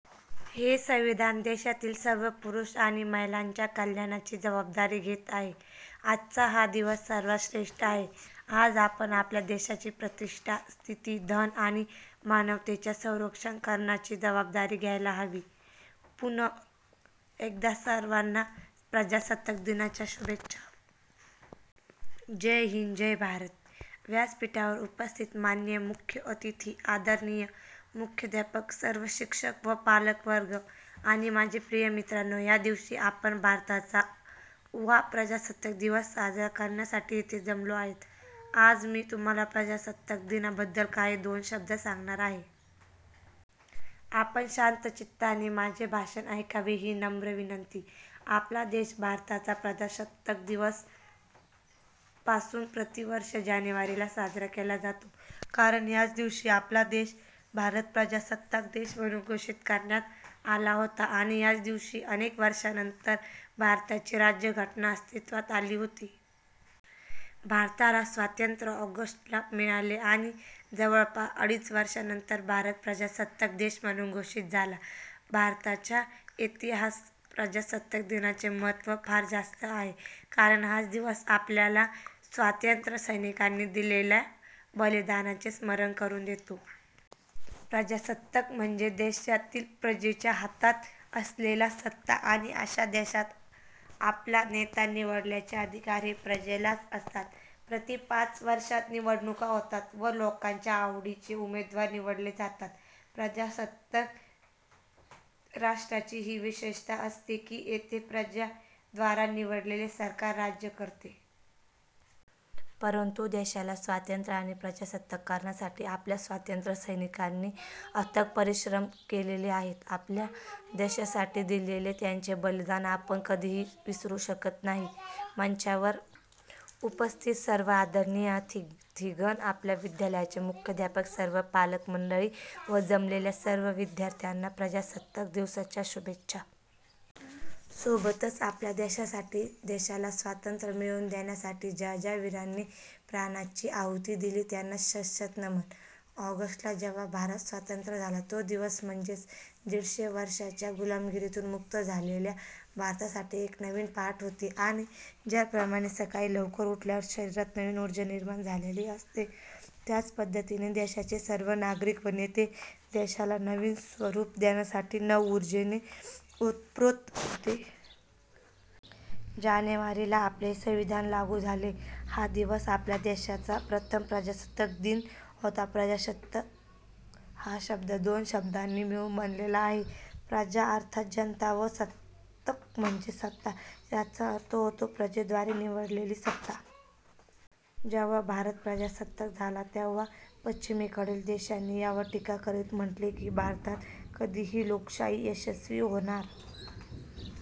हे संविधान देशातील सर्व पुरुष आणि महिलांच्या कल्याणाची जवाबदारी घेत आहे. आजचा हा दिवस सर्वात श्रेष्ठ आहे, आज आपण आपल्या देशाची प्रतिष्ठा, स्थिति, धन आणि मानवतेच्या संरक्षण करण्याची जवाबदारी घ्यायला हवी. पुनः एकदा सर्वाना प्रजासत्ताक दिनाच्या शुभेच्छा. जय हिन्द जय भारत. व्यासपीठावर उपस्थित माननीय मुख्य अतिथी, आदरणीय मुख्याध्यापक, सर्व शिक्षक व पालक वर्ग आणि माझे प्रिय मित्रांनो. या दिवशी आपण भारतचा वा प्रजासत्ताक दिवस साजरा करण्यासाठी येथे जमलो आहोत. आज मी तुम्हाला प्रजासत्ताक दिनाबद्दल काही दोन शब्द सांगणार आहे. आपण शांतचित्ताने माझे भाषण एकावे ही नम्र विनंती. आपला देश भारताचा प्रजासत्ताक दिवस पासून प्रति वर्ष जानेवारी ला साजरा केला जातो. कारण याच दिवशी आपला देश भारत प्रजासत्ताक देश म्हणून घोषित करण्यात आला होता आणि याच दिवशी अनेक वर्षानंतर भारताची राज्यघटना अस्तित्वात आली होती. भारताला स्वातंत्र्य ऑगस्ट ला मिळाले आणि जवळपास अडीच वर्षानंतर भारत प्रजासत्ताक देश म्हणून घोषित झाला. भारताच्या इतिहासात प्रजासत्ताक दिनाचे महत्व फार जास्त आहे कारण हाच दिवस आपल्याला स्वातंत्र्यसैनिकांनी दिलेल्या बलिदानाचे स्मरण करून देतो. प्रजासत्ताक म्हणजे देशातील प्रजेच्या हातात असलेली सत्ता आणि अश्या देशात आपला नेता निवडण्याचे अधिकार हे प्रजेलाच असतात. प्रति पाच वर्षात निवडणुका होतात व लोकांच्या आवडीचे उमेदवार निवडले जातात. प्रजासत्ताक राष्ट्राची ही विशेषता असते की तेथे प्रजेद्वारा निवडलेले सरकार राज्य करते. परंतु देशाला स्वातंत्र्य आणि प्रजासत्ताक करण्यासाठी आपल्या स्वातंत्र्यसैनिकांनी अथक परिश्रम केलेले आहेत. आपल्या देशासाठी दिलेले त्यांचे बलिदान आपण कधीही विसरू शकत नाही. मंचावर उपस्थित सर्व आदरणीय अतिथिगण, आपल्या विद्यालयाचे मुख्यध्यापक, सर्व पालक मंडळी व जमलेल्या सर्व विद्ययार्थयाना प्रजासत्ताक दिवसाच्या शुभेच्छा. सोबतच आपल्या देशासाठी, देशाला स्वतंत्र मिळवून देण्यासाठी ज्या ज्या वीरांनी प्राणांची आहुति दिली त्यांना शत शत नमन. ऑगस्ट ला जेव्हा भारत स्वतंत्र झाला, तो दिवस म्हणजेच दीडशे वर्षाच्या गुलामगिरीतून मुक्त झालेल्या भारतासाठी एक नवीन पहाट होती आणि ज्याप्रमाणे सकाळी लवकर उठल्यावर शरीरात नवीन ऊर्जा निर्माण झालेली असते त्याच पद्धतीने देशाचे सर्व नागरिक व नेते देशाला नवीन स्वरूप देण्यासाठी नव उर्जेने ओतप्रोत होते. जानेवारी ला आपले संविधान लागू झाले, हा दिवस आपल्या देशाचा प्रथम प्रजासत्ताक दिन होता. 'प्रजासत्ताक' हा शब्द दोन शब्दांनी मिळून बनलेला आहे. 'प्रजा' अर्थात जनता व 'सत्ताक' म्हणजे सत्ता. याचा अर्थ होतो प्रजेद्वारे निवडलेली सत्ता. जेव्हा भारत प्रजासत्ताक झाला तेव्हा पश्चिमेकडील देशांनी यावर टीका करीत म्हटले की भारतात कधीही "लोकशाही" यशस्वी होणार